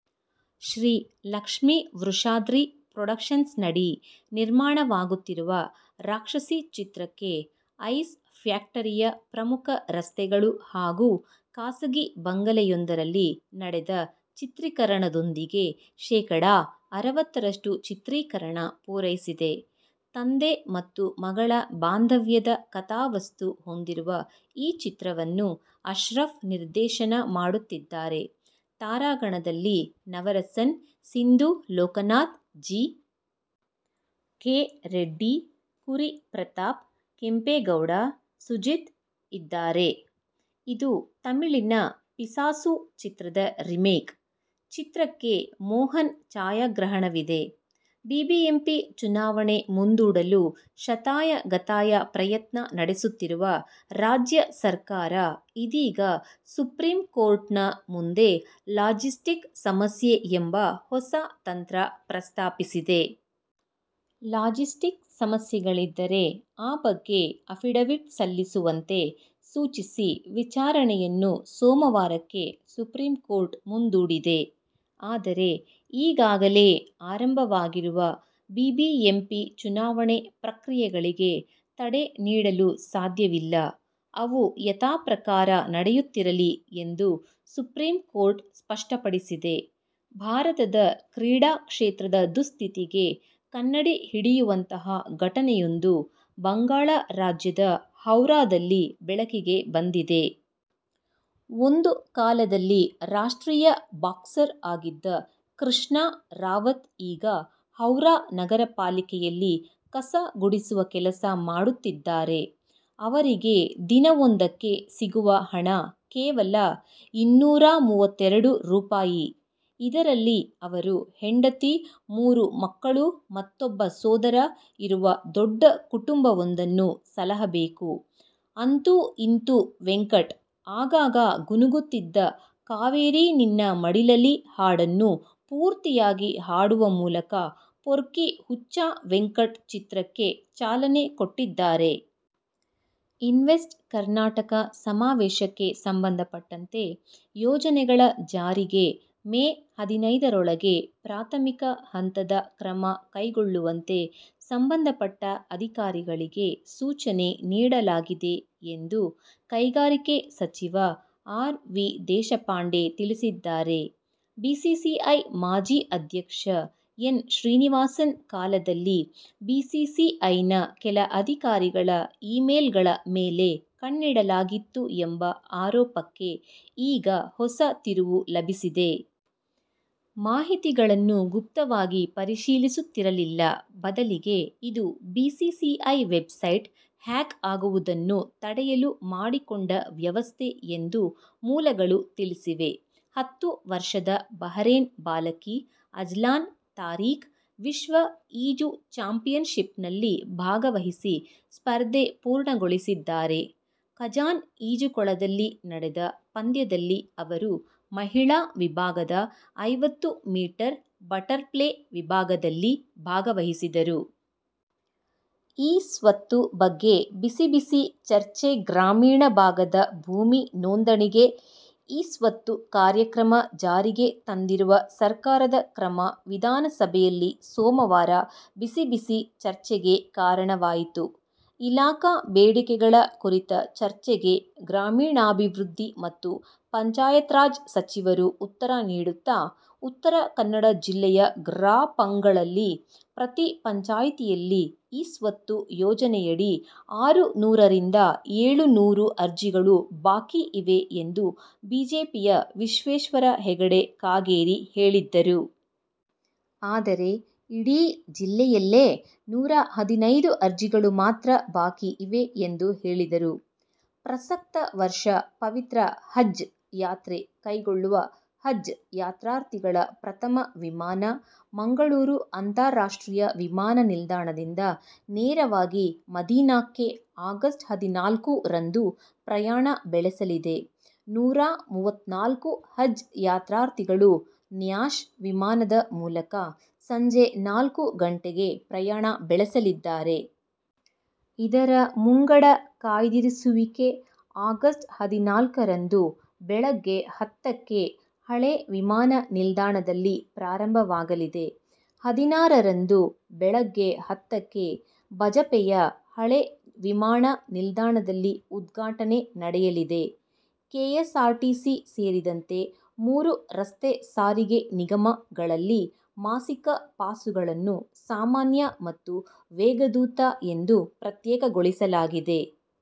ಶ್ರೀ ಲಕ್ಷ್ಮೀ ವೃಷಾದ್ರಿ ಪೊಡಕ್ಷನ್ಸ್ನಡಿ ನಿರ್ಮಾಣವಾಗುತ್ತಿರುವ ರಾಕ್ಷಸಿ ಚಿತ್ರಕ್ಕೆ ಐಸ್ ಫ್ಯಾಕ್ಟರಿಯ ಪ್ರಮುಖ ರಸ್ತೆಗಳು ಹಾಗೂ ಖಾಸಗಿ ಬಂಗಲೆಯೊಂದರಲ್ಲಿ ನಡೆದ ಚಿತ್ರಿಕರಣದೊಂದಿಗೆ ಶೇಕಡಾ ಅರವತ್ತರಷ್ಟು ಚಿತ್ರೀಕರಣ ಪೂರೈಸಿದೆ. ತಂದೆ ಮತ್ತು ಮಗಳ ಬಾಂಧವ್ಯದ ಕಥಾವಸ್ತು ಹೊಂದಿರುವ ಈ ಚಿತ್ರವನ್ನು ಅಶ್ರಫ್ ನಿರ್ದೇಶನ ಮಾಡುತ್ತಿದ್ದಾರೆ. ತಾರಾಗಣದಲ್ಲಿ ನವರಸನ್, ಸಿಂಧು ಲೋಕನಾಥ್, ಜಿ. ಕೆ. ರೆಡ್ಡಿ, ಕುರಿ ಪ್ರತಾಪ್, ಕೆಂಪೇಗೌಡ, ಸುಜಿತ್ ಇದ್ದಾರೆ. ಇದು ತಮಿಳಿನ ಪಿಸಾಸು ಚಿತ್ರದ ರಿಮೇಕ್. ಚಿತ್ರಕ್ಕೆ ಮೋಹನ್ ಛಾಯಾಗ್ರಹಣವಿದೆ. ಬಿಬಿಎಂಪಿ ಚುನಾವಣೆ ಮುಂದೂಡಲು ಶತಾಯ ಗತಾಯ ಪ್ರಯತ್ನ ನಡೆಸುತ್ತಿರುವ ರಾಜ್ಯ ಸರ್ಕಾರ ಇದೀಗ ಸುಪ್ರೀಂಕೋರ್ಟ್ನ ಮುಂದೆ ಲಾಜಿಸ್ಟಿಕ್ ಸಮಸ್ಯೆ ಎಂಬ ಹೊಸ ತಂತ್ರ ಪ್ರಸ್ತಾಪಿಸಿದೆ. ಲಾಜಿಸ್ಟಿಕ್ ಸಮಸ್ಯೆಗಳಿದ್ದರೆ ಆ ಬಗ್ಗೆ ಅಫಿಡವಿಟ್ ಸಲ್ಲಿಸುವಂತೆ ಸೂಚಿಸಿ ವಿಚಾರಣೆಯನ್ನು ಸೋಮವಾರಕ್ಕೆ ಸುಪ್ರೀಂಕೋರ್ಟ್ ಮುಂದೂಡಿದೆ. ಆದರೆ ಈಗಾಗಲೇ ಆರಂಭವಾಗಿರುವ ಬಿಬಿಎಂಪಿ ಚುನಾವಣೆ ಪ್ರಕ್ರಿಯೆಗಳಿಗೆ ತಡೆ ನೀಡಲು ಸಾಧ್ಯವಿಲ್ಲ. ಅವು ಯಥಾಪ್ರಕಾರ ನಡೆಯುತ್ತಿರಲಿ ಎಂದು ಸುಪ್ರೀಂಕೋರ್ಟ್ ಸ್ಪಷ್ಟಪಡಿಸಿದೆ. ಭಾರತದ ಕ್ರೀಡಾಕ್ಷೇತ್ರದ ದುಸ್ಥಿತಿಗೆ ಕನ್ನಡಿ ಹಿಡಿಯುವಂತಹ ಘಟನೆಯೊಂದು ಬಂಗಾಳ ರಾಜ್ಯದ ಹೌರಾದಲ್ಲಿ ಬೆಳಕಿಗೆ ಬಂದಿದೆ. ಒಂದು ಕಾಲದಲ್ಲಿ ರಾಷ್ಟ್ರೀಯ ಬಾಕ್ಸರ್ ಆಗಿದ್ದ ಕೃಷ್ಣಾ ರಾವತ್ ಈಗ ಹೌರಾ ನಗರಪಾಲಿಕೆಯಲ್ಲಿ ಕಸ ಗುಡಿಸುವ ಕೆಲಸ ಮಾಡುತ್ತಿದ್ದಾರೆ. ಅವರಿಗೆ ದಿನವೊಂದಕ್ಕೆ ಸಿಗುವ ಹಣ ಕೇವಲ ಇನ್ನೂರಾಮೂವತ್ತೆರಡು ರೂಪಾಯಿ ಇದರಲ್ಲಿ ಅವರು ಹೆಂಡತಿ, ಮೂರು ಮಕ್ಕಳು ಮತ್ತೊಬ್ಬ ಸೋದರ ಇರುವ ದೊಡ್ಡ ಕುಟುಂಬವೊಂದನ್ನು ಸಲಹಬೇಕು ಅಂತೂ ಇಂತೂ ವೆಂಕಟ್, ಆಗಾಗ ಗುನುಗುತ್ತಿದ್ದ ಕಾವೇರಿ ನಿನ್ನ ಮಡಿಲಲಿ ಹಾಡನ್ನು ಪೂರ್ತಿಯಾಗಿ ಹಾಡುವ ಮೂಲಕ ಪೊರ್ಕಿ ಹುಚ್ಚ ವೆಂಕಟ್ ಚಿತ್ರಕ್ಕೆ ಚಾಲನೆ ಕೊಟ್ಟಿದ್ದಾರೆ. ಇನ್ವೆಸ್ಟ್ ಕರ್ನಾಟಕ ಸಮಾವೇಶಕ್ಕೆ ಸಂಬಂಧಪಟ್ಟಂತೆ ಯೋಜನೆಗಳ ಜಾರಿಗೆ ಮೇ ಹದಿನೈದರೊಳಗೆ ಪ್ರಾಥಮಿಕ ಹಂತದ ಕ್ರಮ ಕೈಗೊಳ್ಳುವಂತೆ ಸಂಬಂಧಪಟ್ಟ ಅಧಿಕಾರಿಗಳಿಗೆ ಸೂಚನೆ ನೀಡಲಾಗಿದೆ ಎಂದು ಕೈಗಾರಿಕೆ ಸಚಿವ ಆರ್. ವಿ. ದೇಶಪಾಂಡೆ ತಿಳಿಸಿದ್ದಾರೆ. ಬಿಸಿಸಿಐ ಮಾಜಿ ಅಧ್ಯಕ್ಷ ಎನ್. ಶ್ರೀನಿವಾಸನ್ ಕಾಲದಲ್ಲಿ ಬಿಸಿಸಿಐನ ಕೆಲ ಅಧಿಕಾರಿಗಳ ಇ-ಮೇಲ್ಗಳ ಮೇಲೆ ಕಣ್ಣಿಡಲಾಗಿತ್ತು ಎಂಬ ಆರೋಪಕ್ಕೆ ಈಗ ಹೊಸ ತಿರುವು ಲಭಿಸಿದೆ. ಮಾಹಿತಿಗಳನ್ನು ಗುಪ್ತವಾಗಿ ಪರಿಶೀಲಿಸುತ್ತಿರಲಿಲ್ಲ, ಬದಲಿಗೆ ಇದು ಬಿಸಿಸಿಐ ವೆಬ್ಸೈಟ್ ಹ್ಯಾಕ್ ಆಗುವುದನ್ನು ತಡೆಯಲು ಮಾಡಿಕೊಂಡ ವ್ಯವಸ್ಥೆ ಎಂದು ಮೂಲಗಳು ತಿಳಿಸಿವೆ ಹತ್ತು ವರ್ಷದ ಬಹರೇನ್ ಬಾಲಕಿ, ಅಜ್ಲಾನ್ ತಾರೀಕ್ ವಿಶ್ವ ಈಜು ಚಾಂಪಿಯನ್ಶಿಪ್ನಲ್ಲಿ ಭಾಗವಹಿಸಿ ಸ್ಪರ್ಧೆ ಪೂರ್ಣಗೊಳಿಸಿದ್ದಾರೆ. ಕಜಾನ್ ಈಜುಕೊಳದಲ್ಲಿ ನಡೆದ ಪಂದ್ಯದಲ್ಲಿ ಅವರು ಮಹಿಳಾ ವಿಭಾಗದ ಐವತ್ತು ಮೀಟರ್ ಬಟರ್ಪ್ಲೆ" ವಿಭಾಗದಲ್ಲಿ ಭಾಗವಹಿಸಿದರು. ಇ-ಸ್ವತ್ತು ಬಗ್ಗೆ ಬಿಸಿಬಿಸಿ ಚರ್ಚೆಗ್ರಾಮೀಣ ಭಾಗದ ಭೂಮಿ ನೋಂದಣಿಗೆ ಇ-ಸ್ವತ್ತು ಕಾರ್ಯಕ್ರಮ ಜಾರಿಗೆ ತಂದಿರುವ ಸರ್ಕಾರದ ಕ್ರಮ ವಿಧಾನಸಭೆಯಲ್ಲಿ ಸೋಮವಾರ ಬಿಸಿ ಬಿಸಿ ಚರ್ಚೆಗೆ ಕಾರಣವಾಯಿತು. ಇಲಾಖಾ ಬೇಡಿಕೆಗಳ ಕುರಿತ ಚರ್ಚೆಗೆ ಗ್ರಾಮೀಣಾಭಿವೃದ್ಧಿ ಮತ್ತು ಪಂಚಾಯತ್ರಾಜ್ ಸಚಿವರು ಉತ್ತರ ನೀಡುತ್ತಾ, ಉತ್ತರ ಕನ್ನಡ ಜಿಲ್ಲೆಯ ಗ್ರಾಪಂಗಳಲ್ಲಿ ಪ್ರತಿ ಪಂಚಾಯ್ತಿಯಲ್ಲಿ ಇ-ಸ್ವತ್ತು ಯೋಜನೆಯಡಿ ಆರು ನೂರರಿಂದ ಏಳುನೂರು ಅರ್ಜಿಗಳು ಬಾಕಿ ಇವೆ ಎಂದು ಬಿಜೆಪಿಯ ವಿಶ್ವೇಶ್ವರ ಹೆಗಡೆ ಕಾಗೇರಿ ಹೇಳಿದ್ದರು. ಆದರೆ, ಇಡೀ ಜಿಲ್ಲೆಯಲ್ಲೇ ನೂರ ಹದಿನೈದು ಅರ್ಜಿಗಳು ಮಾತ್ರ ಬಾಕಿ ಇವೆ ಎಂದು ಹೇಳಿದರು. ಪ್ರಸಕ್ತ ವರ್ಷ ಪವಿತ್ರ ಹಜ್ಜ್ ಯಾತ್ರೆ ಕೈಗೊಳ್ಳುವ ಹಜ್ಜ್ ಯಾತ್ರಾರ್ಥಿಗಳ ಪ್ರಥಮ ವಿಮಾನ ಮಂಗಳೂರು ಅಂತಾರಾಷ್ಟ್ರೀಯ ವಿಮಾನ ನಿಲ್ದಾಣದಿಂದ ನೇರವಾಗಿ ಮದೀನಾಕ್ಕೆ ಆಗಸ್ಟ್ ಹದಿನಾಲ್ಕುರಂದು ಪ್ರಯಾಣ ಬೆಳೆಸಲಿದೆ. ನೂರಾಮುವತ್ನಾಲ್ಕು ಹಜ್ಜ್ ಯಾತ್ರಾರ್ಥಿಗಳು ನ್ಯಾಶ್ ವಿಮಾನದ ಮೂಲಕ ಸಂಜೆ ನಾಲ್ಕು ಗಂಟೆಗೆ ಪ್ರಯಾಣ ಬೆಳೆಸಲಿದ್ದಾರೆ. ಇದರ ಮುಂಗಡ ಕಾಯ್ದಿರಿಸುವಿಕೆ ಆಗಸ್ಟ್ ಹದಿನಾಲ್ಕರಂದು ಬೆಳಗ್ಗೆ ಹತ್ತಕ್ಕೆ ಹಳೆ ವಿಮಾನ ನಿಲ್ದಾಣದಲ್ಲಿ ಪ್ರಾರಂಭವಾಗಲಿದೆ. ಹದಿನಾರರಂದು ಬೆಳಗ್ಗೆ ಹತ್ತಕ್ಕೆ ಬಜಪೆಯ ಹಳೆ ವಿಮಾಣ ನಿಲ್ದಾಣದಲ್ಲಿ ಉದ್ಘಾಟನೆ ನಡೆಯಲಿದೆ. ಕೆಎಸ್ಆರ್ಟಿಸಿ ಸೇರಿದಂತೆ ಮೂರು ರಸ್ತೆ ಸಾರಿಗೆ ನಿಗಮ ಗಳಲ್ಲಿ ಮಾಸಿಕ ಪಾಸುಗಳನ್ನು ಸಾಮಾನ್ಯ ಮತ್ತು ವೇಗದೂತ ಎಂದು ಪ್ರತ್ಯೇಕಗೊಳಿಸಲಾಗಿದೆ.